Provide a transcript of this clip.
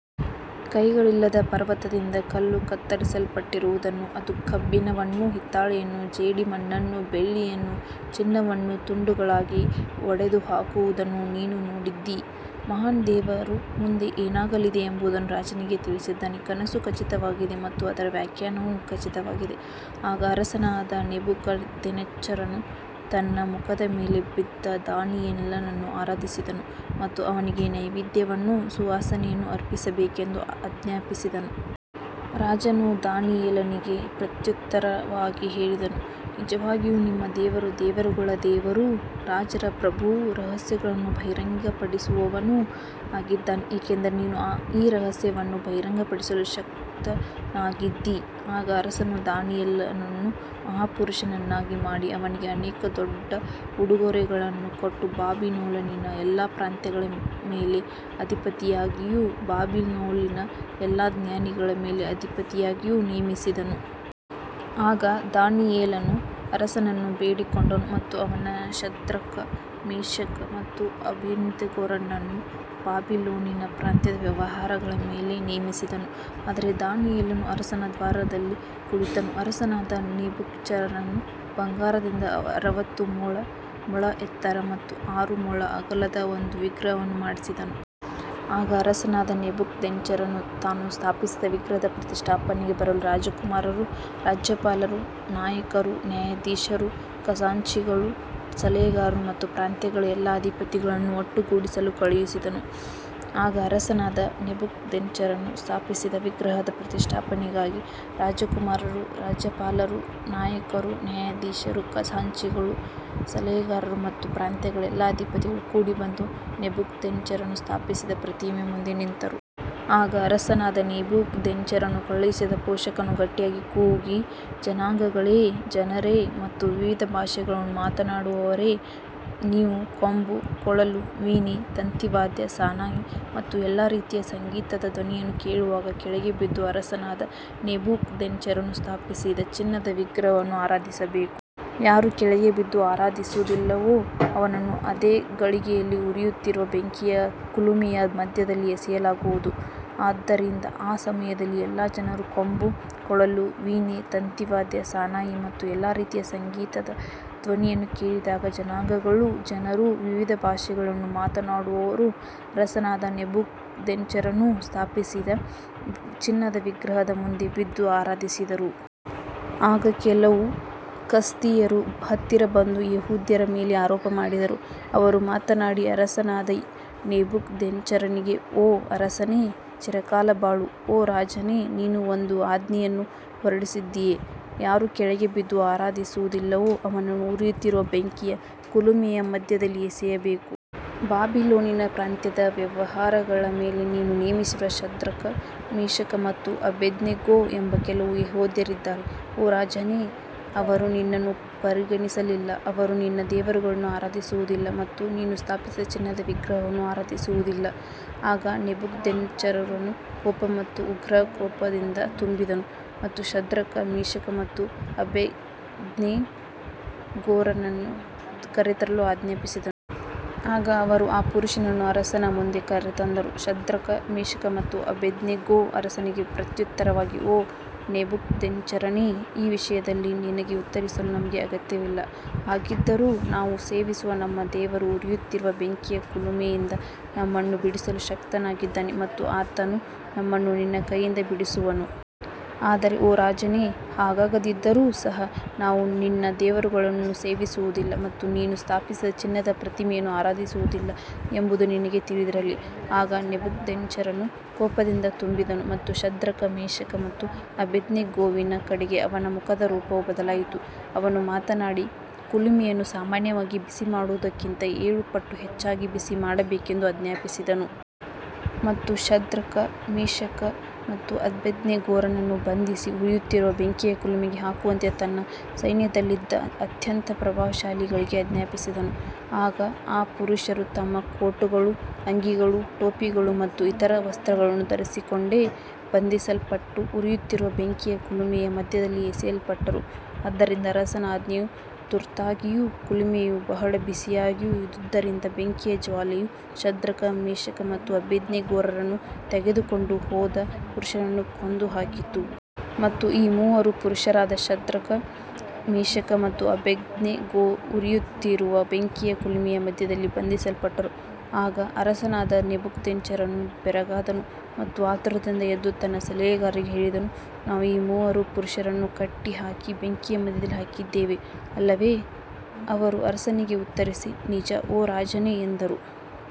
ಕೈಗಳಿಲ್ಲದೆ ಪರ್ವತದಿಂದ ಕಲ್ಲು ಕತ್ತರಿಸಲ್ಪಟ್ಟಿರುವುದನ್ನೂ ಅದು ಕಬ್ಬಿಣವನ್ನೂ ಹಿತ್ತಾಳೆಯನ್ನೂ ಜೇಡಿಮಣ್ಣನ್ನೂ ಬೆಳ್ಳಿಯನ್ನೂ ಚಿನ್ನವನ್ನೂ ತುಂಡುಗಳಾಗಿ ಒಡೆದುಹಾಕುವುದನ್ನೂ ನೀನು ನೋಡಿದ್ದೀ. ಮಹಾನ್ ದೇವರು ಮುಂದೆ ಏನಾಗಲಿದೆ ಎಂಬುದನ್ನು ರಾಜನಿಗೆ ತಿಳಿಸಿದ್ದಾನೆ. ಕನಸು ಖಚಿತವಾಗಿದೆ ಮತ್ತು ಅದರ ವ್ಯಾಖ್ಯಾನವೂ ಖಚಿತವಾಗಿದೆ. ಆಗ ಅರಸನಾದ ನೆಬೂಕದ್ನೆಚ್ಚರನು ತನ್ನ ಮುಖದ ಮೇಲೆ ಬಿದ್ದು ದಾನಿಯೇಲನನ್ನು ಆರಾಧಿಸಿದನು ಮತ್ತು ಅವನಿಗೆ ನೈವೇದ್ಯವನ್ನೂ ಸುವಾಸನೆಯನ್ನೂ ಅರ್ಪಿಸಬೇಕೆಂದು ಆಜ್ಞಾಪಿಸಿದನು. ರಾಜನು ದಾನಿಯೇಲನಿಗೆ ಪ್ರತ್ಯುತ್ತರವಾಗಿ ಹೇಳಿದನು, ನಿಜವಾಗಿಯೂ ನಿಮ್ಮ ದೇವರು ದೇವರುಗಳ ದೇವರೂ ರಾಜರ ಪ್ರಭುವೂ ರಹಸ್ಯಗಳನ್ನು ಬಹಿರಂಗಪಡಿಸುವವನೂ ಆಗಿದ್ದಾನೆ, ಏಕೆಂದರೆ ನೀನು ಈ ರಹಸ್ಯವನ್ನು ಬಹಿರಂಗಪಡಿಸಲು ಶಕ್ತನಾಗಿದ್ದೀ. ಆಗ ಅರಸನು ದಾನಿಯೇಲನನ್ನು ಮಹಾಪುರುಷನನ್ನಾಗಿ ಮಾಡಿ ಅವನಿಗೆ ಅನೇಕ ದೊಡ್ಡ ಉಡುಗೊರೆಗಳನ್ನು ಕೊಟ್ಟು ಬಾಬಿಲೋನಿನ ಎಲ್ಲಾ ಪ್ರಾಂತ್ಯಗಳ ಮೇಲೆ ಅಧಿಪತಿಯಾಗಿಯೂ ಬಾಬಿಲೋನಿನ ಎಲ್ಲಾ ಜ್ಞಾನಿಗಳ ಮೇಲೆ ಅಧಿಪತಿಯಾಗಿಯೂ ನೇಮಿಸಿದನು. ಆಗ ದಾನಿಯೇಲನು ಅರಸನನ್ನು ಬೇಡಿಕೊಂಡನು ಮತ್ತು ಅವನು ಶದ್ರಕ್, ಮೇಷಕ್ ಮತ್ತು ಅಬೇದ್ನೆಗೋರನ್ನು ಬಾಬಿಲೋನಿನ ಪ್ರಾಂತ್ಯದ ವ್ಯವಹಾರಗಳ ಮೇಲೆ ನೇಮಿಸಿದನು. ಆದರೆ ದಾನಿಯೇಲನು ಅರಸನ ದ್ವಾರದಲ್ಲಿ ಕುಳಿತನು. ಅರಸನಾದ ನೆಬೂಕದ್ನೆಚ್ಚರನು ಬಂಗಾರದಿಂದ ಅರವತ್ತು ಮೊಳ ಎತ್ತರ ಮತ್ತು ಆರು ಮೊಳ ಅಗಲದ ಒಂದು ವಿಗ್ರಹವನ್ನು ಮಾಡಿಸಿದನು. ಆಗ ಅರಸನಾದ ನೆಬೂಕದ್ನೆಚ್ಚರನು ತಾನು ಸ್ಥಾಪಿಸಿದ ವಿಗ್ರಹದ ಪ್ರತಿಷ್ಠಾಪನೆಗೆ ಬರಲು ರಾಜಕುಮಾರರು, ರಾಜ್ಯಪಾಲರು, ನಾಯಕರು, ನ್ಯಾಯಾಧೀಶರು, ಖಜಾಂಚಿಗಳು, ಸಲಹೆಗಾರರು ಮತ್ತು ಪ್ರಾಂತ್ಯಗಳ ಎಲ್ಲಾ ಅಧಿಪತಿಗಳನ್ನು ಒಟ್ಟುಗೂಡಿಸಲು ಕಳುಹಿಸಿದನು. ಆಗ ಅರಸನಾದ ನೆಬೂಕದ್ನೆಚ್ಚರನು ಸ್ಥಾಪಿಸಿದ ವಿಗ್ರಹದ ಪ್ರತಿಷ್ಠಾಪನೆಗಾಗಿ ರಾಜಕುಮಾರರು, ರಾಜ್ಯಪಾಲರು, ನಾಯಕರು, ನ್ಯಾಯಾಧೀಶರು, ಖಜಾಂಚಿಗಳು, ಸಲಹೆಗಾರರು ಮತ್ತು ಪ್ರಾಂತ್ಯಗಳ ಎಲ್ಲಾ ಅಧಿಪತಿಗಳು ಕೂಡಿಬಂದು ನೆಬೂಕದ್ನೆಚ್ಚರನು ಸ್ಥಾಪಿಸಿದ ಪ್ರತಿಮೆಯ ಮುಂದೆ ನಿಂತರು. ಆಗ ಅರಸನಾದ ನೆಬೂಕದ್ನೆಚ್ಚರನು ಕಳುಹಿಸಿದ ಘೋಷಕನು ಗಟ್ಟಿಯಾಗಿ ಕೂಗಿ, ಜನಾಂಗಗಳೇ, ಜನರೇ ಮತ್ತು ವಿವಿಧ ಭಾಷೆಗಳನ್ನು ಮಾತನಾಡುವವರೇ, ನೀವು ಕೊಂಬು, ಕೊಳಲು, ವೀಣೆ, ತಂತಿವಾದ್ಯ, ಸಾನಾಯಿ ಮತ್ತು ಎಲ್ಲಾ ರೀತಿಯ ಸಂಗೀತದ ಧ್ವನಿಯನ್ನು ಕೇಳುವಾಗ ಕೆಳಗೆ ಬಿದ್ದು ಅರಸನಾದ ನೆಬೂಕದ್ನೆಚ್ಚರನು ಸ್ಥಾಪಿಸಿದ ಚಿನ್ನದ ವಿಗ್ರಹವನ್ನು ಆರಾಧಿಸಬೇಕು. ಯಾರು ಕೆಳಗೆ ಬಿದ್ದು ಆರಾಧಿಸುವುದಿಲ್ಲವೋ ಅವನನ್ನು ಅದೇ ಗಳಿಗೆಯಲ್ಲಿ ಉರಿಯುತ್ತಿರುವ ಬೆಂಕಿಯ ಕುಲುಮೆಯ ಮಧ್ಯದಲ್ಲಿ ಎಸೆಯಲಾಗುವುದು. ಆದ್ದರಿಂದ ಆ ಸಮಯದಲ್ಲಿ ಎಲ್ಲಾ ಜನರು ಕೊಂಬು, ಕೊಳಲು, ವೀಣೆ, ತಂತಿವಾದ್ಯ, ಸಾನಾಯಿ ಮತ್ತು ಎಲ್ಲಾ ರೀತಿಯ ಸಂಗೀತದ ಧ್ವನಿಯನ್ನು ಕೇಳಿದಾಗ ಜನಾಂಗಗಳೂ ಜನರೂ ವಿವಿಧ ಭಾಷೆಗಳನ್ನು ಮಾತನಾಡುವವರೂ ಅರಸನಾದ ನೆಬೂಕದ್ನೆಚ್ಚರನು ಸ್ಥಾಪಿಸಿದ ಚಿನ್ನದ ವಿಗ್ರಹದ ಮುಂದೆ ಬಿದ್ದು ಆರಾಧಿಸಿದರು. ಆಗ ಕೆಲವು ಕಸ್ದೀಯರು ಹತ್ತಿರ ಬಂದು ಯೆಹೂದ್ಯರ ಮೇಲೆ ಆರೋಪ ಮಾಡಿದರು. ಅವರು ಮಾತನಾಡಿ ಅರಸನಾದ ನೆಬೂಕದ್ನೆಚ್ಚರನಿಗೆ, ಓ ಅರಸನೇ, ಚಿರಕಾಲ ಬಾಳು. ಓ ರಾಜನೇ, ನೀನು ಒಂದು ಆಜ್ಞೆಯನ್ನು ಹೊರಡಿಸಿದ್ದೀಯೆ, ಯಾರು ಕೆಳಗೆ ಬಿದ್ದು ಆರಾಧಿಸುವುದಿಲ್ಲವೋ ಅವನನ್ನು ಉರಿಯುತ್ತಿರುವ ಬೆಂಕಿಯ ಕುಲುಮೆಯ ಮಧ್ಯದಲ್ಲಿ ಎಸೆಯಬೇಕು. ಬಾಬಿಲೋನಿನ ಪ್ರಾಂತ್ಯದ ವ್ಯವಹಾರಗಳ ಮೇಲೆ ನೀನು ನೇಮಿಸಿರುವ ಶದ್ರಕ್, ಮೇಷಕ್ ಮತ್ತು ಅಬೇದ್ನೆಗೋ ಎಂಬ ಕೆಲವು ಯೆಹೂದ್ಯರಿದ್ದಾರೆ. ಓ ರಾಜನೇ, ಅವರು ನಿನ್ನನ್ನು ಪರಿಗಣಿಸಲಿಲ್ಲ. ಅವರು ನಿನ್ನ ದೇವರುಗಳನ್ನು ಆರಾಧಿಸುವುದಿಲ್ಲ ಮತ್ತು ನೀನು ಸ್ಥಾಪಿಸಿದ ಚಿನ್ನದ ವಿಗ್ರಹವನ್ನು ಆರಾಧಿಸುವುದಿಲ್ಲ. ಆಗ ನೆಬೂಕದ್ನೆಚ್ಚರನು ಕೋಪ ಮತ್ತು ಉಗ್ರಕೋಪದಿಂದ ತುಂಬಿದನು ಮತ್ತು ಶದ್ರಕ್, ಮೇಷಕ್ ಮತ್ತು ಅಬೇದ್ನೆಗೋರನ್ನು ಕರೆತರಲು ಆಜ್ಞಾಪಿಸಿದನು. ಆಗ ಅವರು ಆ ಪುರುಷರನ್ನು ಅರಸನ ಮುಂದೆ ಕರೆತಂದರು. ಶದ್ರಕ್, ಮೇಷಕ್ ಮತ್ತು ಅಬೇದ್ನೆಗೋ ಅರಸನಿಗೆ ಪ್ರತ್ಯುತ್ತರವಾಗಿ, ಓ ನೆಬೂಕದ್ನೆಚ್ಚರನೇ, ಈ ವಿಷಯದಲ್ಲಿ ನಿನಗೆ ಉತ್ತರಿಸಲು ನಮಗೆ ಅಗತ್ಯವಿಲ್ಲ. ಹಾಗಿದ್ದರೂ ನಾವು ಸೇವಿಸುವ ನಮ್ಮ ದೇವರು ಉರಿಯುತ್ತಿರುವ ಬೆಂಕಿಯ ಕುಲುಮೆಯಿಂದ ನಮ್ಮನ್ನು ಬಿಡಿಸಲು ಶಕ್ತನಾಗಿದ್ದಾನೆ ಮತ್ತು ಆತನು ನಮ್ಮನ್ನು ನಿನ್ನ ಕೈಯಿಂದ ಬಿಡಿಸುವನು. ಆದರೆ ಓ ರಾಜನೇ, ಹಾಗಾಗದಿದ್ದರೂ ಸಹ ನಾವು ನಿನ್ನ ದೇವರುಗಳನ್ನು ಸೇವಿಸುವುದಿಲ್ಲ ಮತ್ತು ನೀನು ಸ್ಥಾಪಿಸಿದ ಚಿನ್ನದ ಪ್ರತಿಮೆಯನ್ನು ಆರಾಧಿಸುವುದಿಲ್ಲ ಎಂಬುದು ನಿನಗೆ ತಿಳಿದಿರಲಿ. ಆಗ ನೆಬೂಕದ್ನೆಚ್ಚರನು ಕೋಪದಿಂದ ತುಂಬಿದನು ಮತ್ತು ಶದ್ರಕ್, ಮೇಷಕ್ ಮತ್ತು ಅಬೇದ್ನೆಗೋವಿನ ಕಡೆಗೆ ಅವನ ಮುಖದ ರೂಪವು ಬದಲಾಯಿತು. ಅವನು ಮಾತನಾಡಿ, ಕುಲುಮೆಯನ್ನು ಸಾಮಾನ್ಯವಾಗಿ ಬಿಸಿಮಾಡುವುದಕ್ಕಿಂತ ಏಳು ಪಟ್ಟು ಹೆಚ್ಚು ಬಿಸಿಮಾಡಬೇಕೆಂದು ಆಜ್ಞಾಪಿಸಿದನು. ಮತ್ತು ಶದ್ರಕ್, ಮೇಷಕ್ ಮತ್ತು ಅಬೇದ್ನೆಗೋರನ್ನು ಬಂಧಿಸಿ ಉರಿಯುತ್ತಿರುವ ಬೆಂಕಿಯ ಕುಲುಮೆಗೆ ಹಾಕುವಂತೆ ತನ್ನ ಸೈನ್ಯದಲ್ಲಿದ್ದ ಅತ್ಯಂತ ಪರಾಕ್ರಮಶಾಲಿಗಳಿಗೆ ಆಜ್ಞಾಪಿಸಿದನು. ಆಗ ಆ ಪುರುಷರು ತಮ್ಮ ಕೋಟುಗಳು, ಅಂಗಿಗಳು, ಟೋಪಿಗಳು ಮತ್ತು ಇತರ ವಸ್ತ್ರಗಳನ್ನು ಧರಿಸಿಕೊಂಡೇ ಬಂಧಿಸಲ್ಪಟ್ಟು ಉರಿಯುತ್ತಿರುವ ಬೆಂಕಿಯ ಕುಲುಮೆಯ ಮಧ್ಯದಲ್ಲಿ ಎಸೆಯಲ್ಪಟ್ಟರು. ಆದ್ದರಿಂದ ಅರಸನ ಆಜ್ಞೆಯು ತುರ್ತಾಗಿಯೂ ಕುಲುಮೆಯು ಬಹಳ ಬಿಸಿಯಾಗಿಯೂ ಇದ್ದುದರಿಂದ ಬೆಂಕಿಯ ಜ್ವಾಲೆಯು ಶದ್ರಕ್, ಮೇಷಕ್ ಮತ್ತು ಅಬೇದ್ನೆಗೋರನ್ನು ತೆಗೆದುಕೊಂಡು ಹೋದ ಪುರುಷರನ್ನು ಕೊಂದುಹಾಕಿತು. ಮತ್ತು ಈ ಮೂವರು ಪುರುಷರಾದ ಶದ್ರಕ್, ಮೇಷಕ್ ಮತ್ತು ಅಬೇದ್ನೆಗೋ ಉರಿಯುತ್ತಿರುವ ಬೆಂಕಿಯ ಕುಲುಮೆಯ ಮಧ್ಯದಲ್ಲಿ ಬಂಧಿಸಲ್ಪಟ್ಟರು. ಆಗ ಅರಸನಾದ ನೆಬೂಕದ್ನೆಚ್ಚರನು ಬೆರಗಾದನು ಮತ್ತು ಆತುರದಿಂದ ಎದ್ದು ತನ್ನ ಸಲಹೆಗಾರರಿಗೆ ಹೇಳಿದನು, ನಾವು ಮೂವರು ಪುರುಷರನ್ನು ಕಟ್ಟಿಹಾಕಿ ಬೆಂಕಿಯ ಮಧ್ಯದಲ್ಲಿ ಹಾಕಿದ್ದೇವೆ ಅಲ್ಲವೇ. ಅವರು ಅರಸನಿಗೆ ಉತ್ತರಿಸಿ, ನಿಜ, ಓ ರಾಜನೇ, ಎಂದರು.